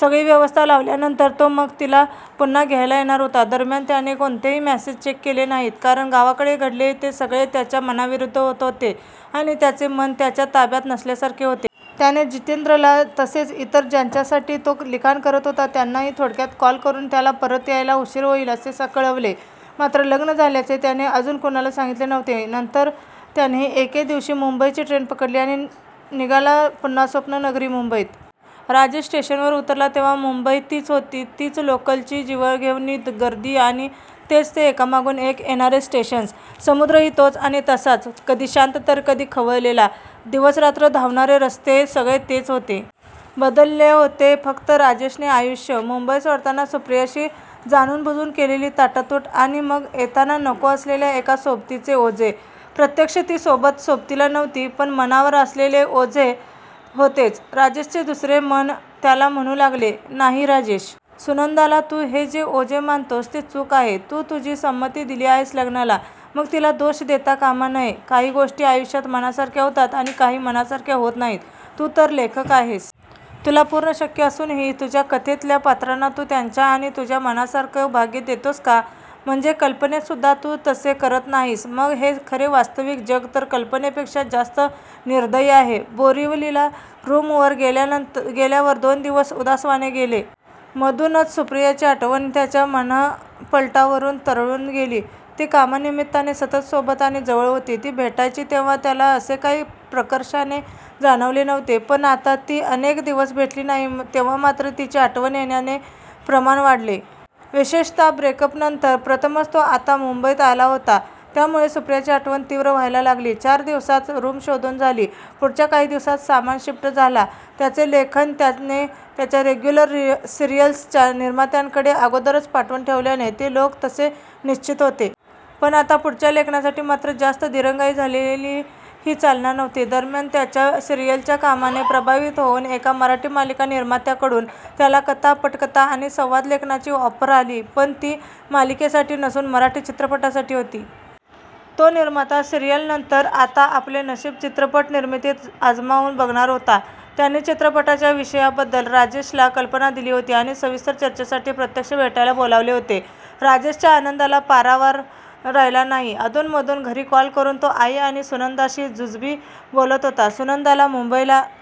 सगळी व्यवस्था लावल्यानंतर तो मग तिला पुन्हा घ्यायला येणार होता. दरम्यान त्याने कोणतेही मेसेज चेक केले नाहीत कारण गावाकडे घडले ते सगळे त्याच्या मनाविरुद्ध होत होते आणि त्याचे मन त्याच्या ताब्यात नसल्यासारखे होते. त्याने जितेंद्रला तसेच इतर ज्यांच्यासाठी तो लिखाण करत होता त्यांनाही थोडक्यात कॉल करून त्याला परत यायला उशीर होईल असे कळवले, मात्र लग्न झाल्याचे त्याने अजून कुणाला सांगितले नव्हते. नंतर त्याने एके दिवशी मुंबईची ट्रेन पकडली आणि निघाला पुन्हा स्वप्ननगरी मुंबईत. राजेश स्टेशनवर उतरला तेव्हा मुंबई तीच होती. तीच लोकलची जीवघेणी गर्दी आणि तेच ते एकामागून एक येणारे स्टेशन्स. समुद्रही तोच आणि तसाच. कधी शांत तर कधी खवळलेला. दिवसरात्र धावणारे रस्ते. सगळे तेच होते. बदलले होते फक्त राजेशने आयुष्य. मुंबई सोडतांना सुप्रियाशी जाणूनबुजून केलेली ताटातूट आणि मग येतांना नको असलेल्या एका सोबतीचे ओझे. प्रत्यक्ष ती सोबत सोबतीला नव्हती पण मनावर असलेले ओझे होतेच. राजेशचे दुसरे मन त्याला म्हणू लागले, नाही राजेश. सुनंदाला तू हे जे ओझे मानतोस, ते चूक आहे. तू तुझी संमती दिली आहेस लग्नाला. मग तिला दोष देता कामा नये. काही गोष्टी आयुष्यात मनासारख्या होतात आणि काही मनासारख्या होत नाहीत. तू तर लेखक आहेस. तुला पूर्ण शक्य असूनही तुझ्या कथेतल्या पात्रांना तू त्यांच्या आणि तुझ्या मनासारखं भाग्य देतोस का? म्हणजे कल्पनेत सुद्धा तू तसे करत नाहीस मग हे खरे वास्तविक जग तर कल्पनेपेक्षा जास्त निर्दयी आहे. बोरिवलीला रूमवर गेल्यावर दोन दिवस उदासवाणे गेले. मधूनच सुप्रियाची आठवण त्याच्या मनःपटलावरून तरळून गेली. ती कामानिमित्ताने सतत सोबत आणि जवळ होती. ती भेटायची तेव्हा त्याला असे काही प्रकर्षाने जाणवले नव्हते, पण आता ती अनेक दिवस भेटली नाही तेव्हा मात्र तिची आठवण येण्याचे प्रमाण वाढले. विशेषत: ब्रेकअपनंतर प्रथमच तो आता मुंबईत आला होता त्यामुळे सुप्रियाची आठवण तीव्र व्हायला लागली. चार दिवसांत रूम शोधून झाली. पुढच्या काही दिवसांत सामान शिफ्ट झाला. त्याचे लेखन त्याने त्याच्या रेग्युलर सिरियल्सच्या निर्मात्यांकडे अगोदरच पाठवून ठेवल्याने ते लोक तसे निश्चिंत होते. पण आता पुढच्या लेखनासाठी मात्र जास्त दिरंगाई झालेलीही चालणार नव्हती. दरम्यान त्याच्या सिरियलच्या कामाने प्रभावित होऊन एका मराठी मालिका निर्मात्याकडून त्याला कथा, पटकथा आणि संवाद लेखनाची ऑफर आली पण ती मालिकेसाठी नसून मराठी चित्रपटासाठी होती. तो निर्माता सिरीयलनंतर आता आपले नशीब चित्रपट निर्मितीत आजमावून बघणार होता. त्यांनी चित्रपटाच्या विषयाबद्दल राजेशला कल्पना दिली होती आणि सविस्तर चर्चेसाठी प्रत्यक्ष भेटायला बोलावले होते. राजेशच्या आनंदाला पारावार राहिला नाही. अधूनमधून घरी कॉल करून तो आई आणि सुनंदाशी जुजबी बोलत होता. सुनंदाला मुंबईला